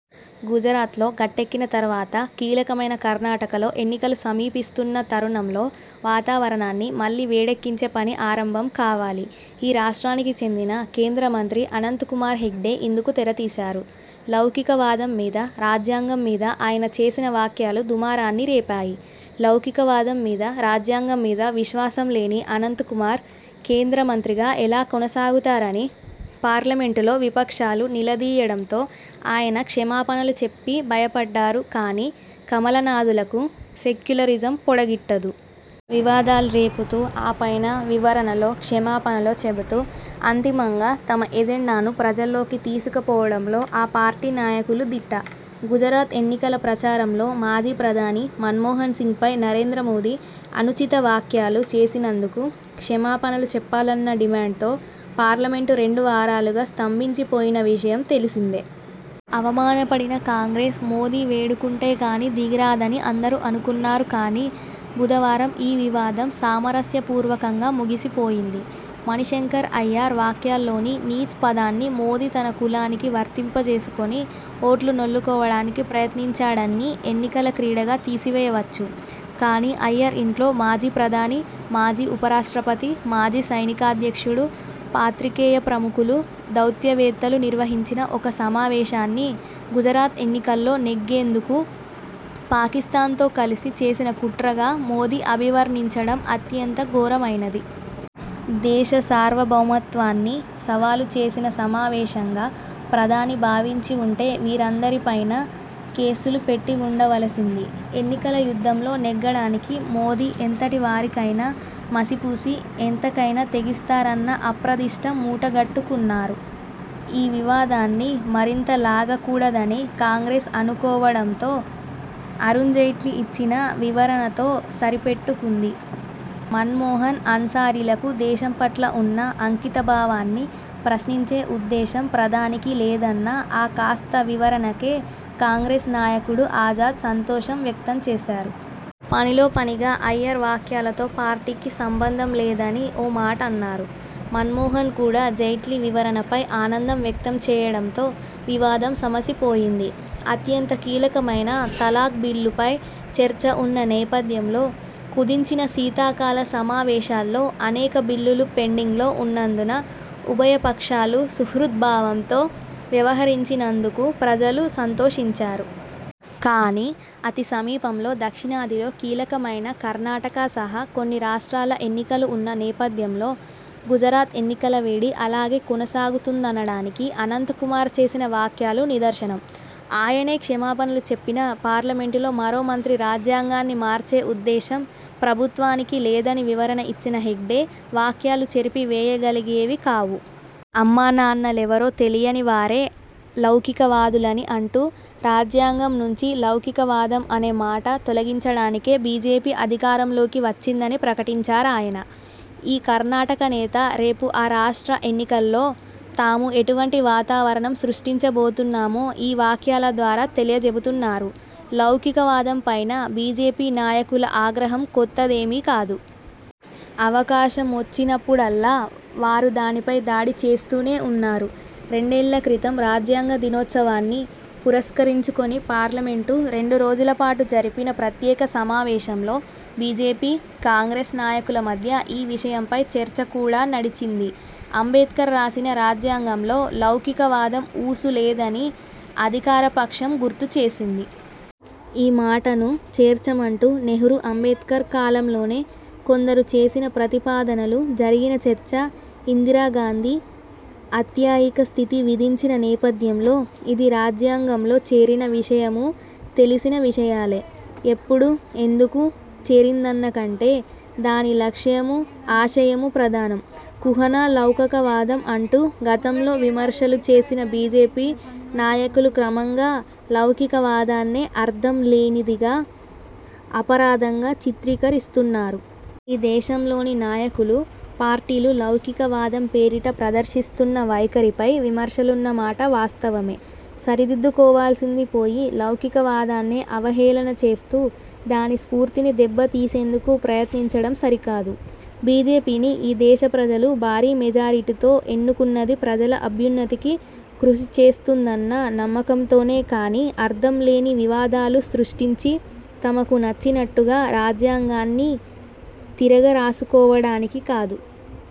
గుజరాత్లో గట్టెక్కిన తరువాత, కీలకమైన కర్ణాటకలో ఎన్నికలు సమీపిస్తున్న తరుణంలో వాతావరణాన్ని మళ్ళీ వేడెక్కించే పని ఆరంభం కావాలి. ఈ రాష్ట్రానికి చెందిన కేంద్రమంత్రి అనంత్ కుమార్ హెగ్డే ఇందుకు తెరతీశారు. లౌకికవాదం మీద, రాజ్యాంగంమీద ఆయన చేసిన వ్యాఖ్యలు దుమారాన్ని రేపాయి. లౌకికవాదం మీదా, రాజ్యాంగం మీదా విశ్వాసం లేని అనంత్ కుమార్ కేంద్రమంత్రిగా ఎలా కొనసాగుతారని పార్లమెంటులో విపక్షాలు నిలదీయడంతో ఆయన క్షమాపణలు చెప్పి బయపడ్డారు కానీ, కమల నాథులకు సెక్యులరిజం పొడగిట్టదు. వివాదాలు రేపుతూ, ఆ పైన వివరణలో, క్షమాపణలో చెబుతూ అంతిమంగా తమ ఎజెండాను ప్రజల్లోకి తీసుక పోవడంలో ఆ పార్టీ నాయకులు దిట్ట. గుజరాత్ ఎన్నికల ప్రచారంలో మాజీ ప్రధాని మన్మోహన్సింగ్పై నరేంద్రమోదీ అనుచిత వ్యాఖ్యాలు చేసినందుకు క్షమాపణలు చెప్పాలన్న డిమాండ్తో పార్లమెంటు రెండు వారాలుగా స్తంభించిపోయిన విషయం తెలిసిందే. అవమానపడిన కాంగ్రెస్, మోదీ వేడుకుంటే కానీ దిగిరాదని అందరూ అనుకున్నారు కానీ, బుధవారం ఈ వివాదం సామరస్యపూర్వకంగా ముగిసిపోయింది. మణిశంకర్ అయ్యర్ వ్యాఖ్యాలోని 'నీచ్' పదాన్ని మోదీ తన కులానికి వర్తింపచేసుకొని ఓట్లు నొల్లుకోవడానికి ప్రయత్నించడాన్ని ఎన్నికల క్రీడగా తీసివేయవచ్చు. కానీ, అయ్యర్ ఇంట్లో మాజీ ప్రధాని, మాజీ ఉపరాష్ట్రపతి, మాజీ సైనికాధ్యక్షుడు, పాత్రికేయ ప్రముఖులు, దౌత్యవేత్తలు నిర్వహించిన ఒక సమావేశాన్ని గుజరాత్ ఎన్నికల్లో నెగ్గేందుకు పాకిస్థాన్తో కలిసి చేసిన కుట్రగా మోదీ అభివర్ణించడం అత్యంత ఘోరమైనది. దేశ సార్వభౌమత్వాన్ని సవాలు చేసిన సమావేశంగా ప్రధాని భావించివుంటే వీరందరిపైనా కేసులు పెట్టివుండవలసింది. ఎన్నికల యుద్ధంలో నెగ్గడానికి మోదీ ఎంతటి వారికైనా మసిపూసి, ఎంతకైనా తెగిస్తారన్న అప్రదిష్ట మూట గట్టుకున్నారు. ఈ వివాదాన్ని మరింత లాగకూడదని కాంగ్రెస్ అనుకోవడంతో అరుణ్జైట్లీ ఇచ్చిన వివరణతో సరిపెట్టుకుంది. మన్మోహన్, అన్సారీలకు దేశం పట్ల ఉన్న అంకితభావాన్ని ప్రశ్నించే ఉద్దేశం ప్రధానికి లేదన్న ఆ కాస్త వివరణకే కాంగ్రెస్ నాయకుడు ఆజాద్ సంతోషం వ్యక్తంచేశారు. పనిలో పనిగా అయ్యర్ వ్యాఖ్యలతో పార్టీకి సంబంధం లేదని ఓ మాటన్నారు. మన్మోహన్ కూడా జైట్లీ వివరణపై ఆనందం వ్యక్తం చేయడంతో వివాదం సమసిపోయింది. అత్యంత కీలకమైన తలాక్ బిల్లుపై చర్చ ఉన్న నేపథ్యంలో, కుదించిన శీతాకాల సమావేశాల్లో అనేక బిల్లులు పెండింగ్లో ఉన్నందున ఉభయ పక్షాలూ సుహృద్భావంతో వ్యవహరించినందుకు ప్రజలూ సంతోషించారు. కానీ, అతి సమీపంలో దక్షిణాదిలో కీలకమైన కర్ణాటక సహా కొన్ని రాష్ట్రాల ఎన్నికలు ఉన్న నేపథ్యంలో గుజరాత్ ఎన్నికల వేడి అలాగే కొనసాగుతుందనడానికి అనంత్ కుమార్ చేసిన వ్యాఖ్యాలు నిదర్శనం. ఆయనే క్షమాపణలు చెప్పినా, పార్లమెంటులో మరో మంత్రి రాజ్యాంగాన్ని మార్చే ఉద్దేశం ప్రభుత్వానికి లేదని వివరణ ఇచ్చినా హెగ్డే వ్యాఖ్యలు చెరిపి వేయగలిగేవి కావు. అమ్మానాన్నలెవరో తెలియని వారే లౌకికవాదులని అంటూ, రాజ్యాంగంనుంచి లౌకికవాదం అనే మాట తొలగించడానికే బీజేపీ అధికారంలోకి వచ్చిందని ప్రకటించారాయన. ఈ కర్ణాటక నేత రేపు ఆ రాష్ట్ర ఎన్నికల్లో తాము ఎటువంటి వాతావరణం సృష్టించబోతున్నామో ఈ వ్యాఖ్యాల ద్వారా తెలియబుతున్నారు. లౌకికవాదం పైన బీజేపీ నాయకుల ఆగ్రహం కొత్తదేమీ కాదు. అవకాశమొచ్చినప్పుడల్లా వారు దానిపై దాడిచేస్తూనే ఉన్నారు. రెండేళ్ళ క్రితం రాజ్యాంగ దినోత్సవాన్ని పురస్కరించుకొని పార్లమెంటు రెండు రోజులపాటు జరిపిన ప్రత్యేక సమావేశంలో బీజేపీ, కాంగ్రెస్ నాయకుల మధ్య ఈ విషయంపై చర్చ కూడా నడిచింది. అంబేడ్కర్ రాసిన రాజ్యాంగంలో లౌకికవాదం ఊసు లేదని అధికార పక్షం గుర్తు చేసింది. ఈ మాటను చేర్చమంటూ నెహ్రూ అంబేడ్కర్ కాలం లోనే కొందరు చేసిన ప్రతిపాదనలు, జరిగిన చర్చ, ఇందిరాగాంధీ అత్యయిక స్థితి విధించిన నేపథ్యంలో ఇది రాజ్యాంగంలో చేరిన విషయమూ తెలిసిన విషయాలే. ఎప్పుడు, ఎందుకు చేరిందన్నకంటే, దాని లక్ష్యమూ, ఆశయమూ ప్రధానం. 'కుహనా లౌకకవాదం' అంటూ గతంలో విమర్శలు చేసిన బీజేపీ నాయకులు క్రమంగా లౌకికవాదాన్నే అర్థం లేనిదిగా, అపరాధంగా చిత్రీకరిస్తున్నారు. ఈ దేశంలోని నాయకులు, పార్టీలు లౌకికవాదం పేరిట ప్రదర్శిస్తున్న వైఖరిపై విమర్శలున్న మాట వాస్తవమే. సరిదిద్దుకోవాల్సింది పోయి, లౌకికవాదాన్నే అవహేళన చేస్తూ, దాని స్ఫూర్తిని దెబ్బతీసేందుకు ప్రయత్నించడం సరికాదు. బీజేపీని ఈ దేశ ప్రజలు భారీ మెజారిటీతో ఎన్నుకున్నది ప్రజల అభ్యున్నతికి కృషి చేస్తుందన్న నమ్మకంతోనే కానీ, అర్థంలేని వివాదాలు సృష్టించి, తమకు నచ్చినట్టుగా రాజ్యాంగాన్ని తిరగ రాసుకోవడానికి కాదు.